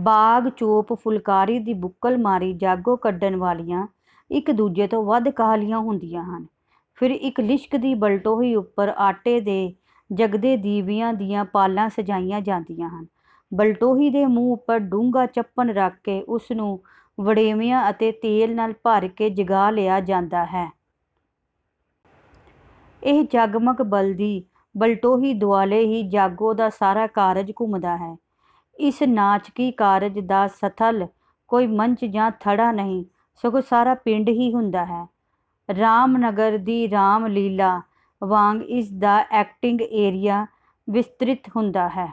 ਬਾਗ ਚੋਪ ਫੁਲਕਾਰੀ ਦੀ ਬੁੱਕਲ ਮਾਰੀ ਜਾਗੋ ਕੱਢਣ ਵਾਲੀਆਂ ਇੱਕ ਦੂਜੀ ਤੋਂ ਵੱਧ ਕਾਹਲੀਆਂ ਹੁੰਦੀਆਂ ਹਨ। ਫਿਰ ਇੱਕ ਲਿਸ਼ਕਦੀ ਬਲਟੋਹੀ ਉੱਪਰ ਆਟੇ ਦੇ ਜਗਦੇ ਦੀਵਿਆਂ ਦੀਆਂ ਪਾਲਾਂ ਸਜਾਈਆਂ ਜਾਂਦੀਆਂ ਹਨ। ਬਲਟੋਹੀ ਦੇ ਮੂੰਹ ਉੱਪਰ ਡੂੰਘਾ ਚੱਪਣ ਰੱਖ ਕੇ ਉਸ ਨੂੰ ਵੜੇਵਿਆਂ ਅਤੇ ਤੇਲ ਨਾਲ ਭਰ ਕੇ ਜਗਾ ਲਿਆ ਜਾਂਦਾ ਹੈ। ਇਹ ਜਗਮਗ ਬਲਦੀ ਬਲਟੋਹੀ ਦੁਆਲੇ ਹੀ ਜਾਗੋ ਦਾ ਸਾਰਾ ਕਾਰਜ ਘੁੰਮਦਾ ਹੈ। ਇਸ ਨਾਚਕੀ ਕਾਰਜ ਦਾ ਸਥਲ ਕੋਈ ਮੰਚ ਜਾਂ ਥੜਾ ਨਹੀਂ ਸਗੋਂ ਸਾਰਾ ਪਿੰਡ ਹੀ ਹੁੰਦਾ ਹੈ। 'ਰਾਮ ਨਗਰ ਦੀ ਰਾਮ ਲੀਲਾ' ਵਾਂਗ ਇਸ ਦਾ ਐਕਟਿੰਗ ਏਰੀਆ ਵਿਸਤ੍ਰਿਤ ਹੁੰਦਾ ਹੈ।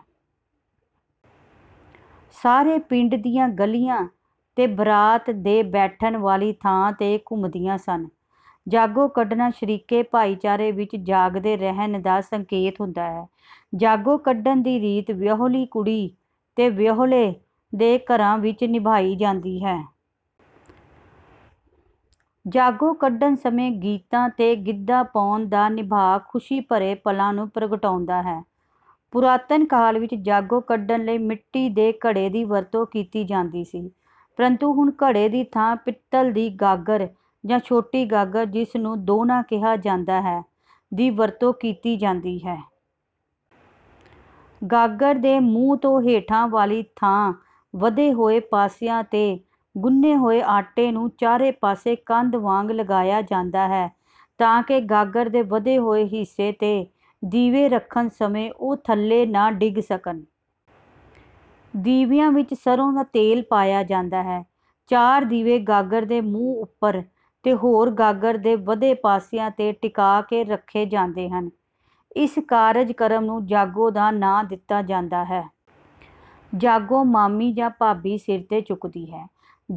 ਸਾਰੇ ਪਿੰਡ ਦੀਆਂ ਗਲੀਆਂ ਤੇ ਬਰਾਤ ਦੇ ਬੈਠਣ ਵਾਲੀ ਥਾਂ ਤੇ ਘੁੰਮਦੀਆਂ ਸਨ। ਜਾਗੋ ਕੱਢਣਾ ਸ਼ਰੀਕੇ ਭਾਈਚਾਰੇ ਵਿੱਚ ਜਾਗਦੇ ਰਹਿਣ ਦਾ ਸੰਕੇਤ ਹੁੰਦਾ ਹੈ। ਜਾਗੋ ਕੱਢਣ ਦੀ ਰੀਤ ਵਿਆਹੁਲੀ ਕੁੜੀ ਤੇ ਵਿਆਹੁਲੇ ਦੇ ਘਰਾਂ ਵਿੱਚ ਨਿਭਾਈ ਜਾਂਦੀ ਹੈ। ਜਾਗੋ ਕੱਢਣ ਸਮੇਂ ਗੀਤਾਂ ਤੇ ਗਿੱਧਾ ਪਾਉਣ ਦਾ ਨਿਭਾਅ ਖ਼ੁਸ਼ੀ ਭਰੇ ਪਲਾਂ ਨੂੰ ਪ੍ਰਗਟਾਉਂਦਾ ਹੈ। ਪੁਰਾਤਨ ਕਾਲ ਵਿੱਚ ਜਾਗੋ ਕੱਢਣ ਲਈ ਮਿੱਟੀ ਦੇ ਘੜੇ ਦੀ ਵਰਤੋਂ ਕੀਤੀ ਜਾਂਦੀ ਸੀ। ਪਰੰਤੂ ਹੁਣ ਘੜੇ ਦੀ ਥਾਂ ਪਿੱਤਲ ਦੀ ਗਾਗਰ ਜਾਂ ਛੋਟੀ ਗਾਗਰ ਜਿਸ ਨੂੰ 'ਦੋਣਾ' ਕਿਹਾ ਜਾਂਦਾ ਹੈ, ਦੀ ਵਰਤੋਂ ਕੀਤੀ ਜਾਂਦੀ ਹੈ। ਗਾਗਰ ਦੇ ਮੂੰਹ ਤੋਂ ਹੇਠਾਂ ਵਾਲੀ ਥਾਂ ਵਧੇ ਹੋਏ ਪਾਸਿਆਂ ਤੇ ਗੁੰਨੇ ਹੋਏ ਆਟੇ ਨੂੰ ਚਾਰੇ ਪਾਸੇ ਕੰਧ ਵਾਂਗ ਲਗਾਇਆ ਜਾਂਦਾ ਹੈ ਤਾਂ ਕਿ ਗਾਗਰ ਦੇ ਵਧੇ ਹੋਏ ਹਿੱਸੇ ਤੇ ਦੀਵੇ ਰੱਖਣ ਸਮੇਂ ਉਹ ਥੱਲੇ ਨਾ ਡਿੱਗ ਸਕਣ। ਦੀਵਿਆਂ ਵਿੱਚ ਸਰ੍ਹੋਂ ਦਾ ਤੇਲ ਪਾਇਆ ਜਾਂਦਾ ਹੈ। ਚਾਰ ਦੀਵੇ ਗਾਗਰ ਦੇ ਮੂੰਹ ਉੱਪਰ ਤੇ ਹੋਰ ਗਾਗਰ ਦੇ ਵਧੇ ਪਾਸਿਆਂ ਤੇ ਟਿਕਾ ਕੇ ਰੱਖੇ ਜਾਂਦੇ ਹਨ। ਇਸ ਕਾਰਜ ਕਰਮ ਨੂੰ ਜਾਗੋ ਦਾ ਨਾਂ ਦਿੱਤਾ ਜਾਂਦਾ ਹੈ। ਜਾਗੋ ਮਾਮੀ ਜਾਂ ਭਾਬੀ ਸਿਰ ਤੇ ਚੁੱਕਦੀ ਹੈ।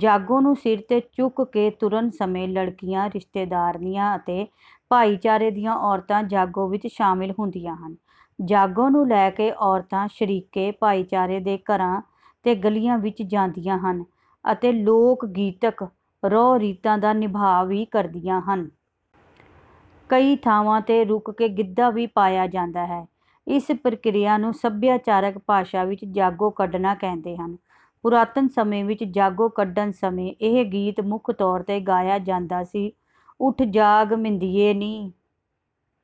ਜਾਗੋ ਨੂੰ ਸਿਰ ਤੇ ਚੁੱਕ ਕੇ ਤੁਰਨ ਸਮੇਂ ਲੜਕੀਆਂ, ਰਿਸ਼ਤੇਦਾਰਨੀਆਂ ਅਤੇ ਭਾਈਚਾਰੇ ਦੀਆਂ ਔਰਤਾਂ ਜਾਗੋ ਵਿੱਚ ਸ਼ਾਮਿਲ ਹੁੰਦੀਆਂ ਹਨ। ਜਾਗੋ ਨੂੰ ਲੈ ਕੇ ਔਰਤਾਂ ਸ਼ਰੀਕੇ ਭਾਈਚਾਰੇ ਦੇ ਘਰਾਂ ਤੇ ਗਲੀਆਂ ਵਿੱਚ ਜਾਂਦੀਆਂ ਹਨ ਅਤੇ ਲੋਕਗੀਤਕ ਰਹੁ-ਰੀਤਾਂ ਦਾ ਨਿਭਾਅ ਵੀ ਕਰਦੀਆਂ ਹਨ। ਕਈ ਥਾਵਾਂ ਤੇ ਰੁਕ ਕੇ ਗਿੱਧਾ ਵੀ ਪਾਇਆ ਜਾਂਦਾ ਹੈ। ਇਸ ਪ੍ਰਕਿਰਿਆ ਨੂੰ ਸਭਿਆਚਾਰਕ ਭਾਸ਼ਾ ਵਿੱਚ 'ਜਾਗੋ ਕੱਢਣਾ' ਕਹਿੰਦੇ ਹਨ। ਪੁਰਾਤਨ ਸਮੇਂ ਵਿੱਚ ਜਾਗੋ ਕੱਢਣ ਸਮੇਂ ਇਹ ਗੀਤ ਮੁੱਖ ਤੌਰ ਤੇ ਗਾਇਆ ਜਾਂਦਾ ਸੀ: ਉੱਠ ਜਾਗ ਮਿੰਦੀਏ ਨੀ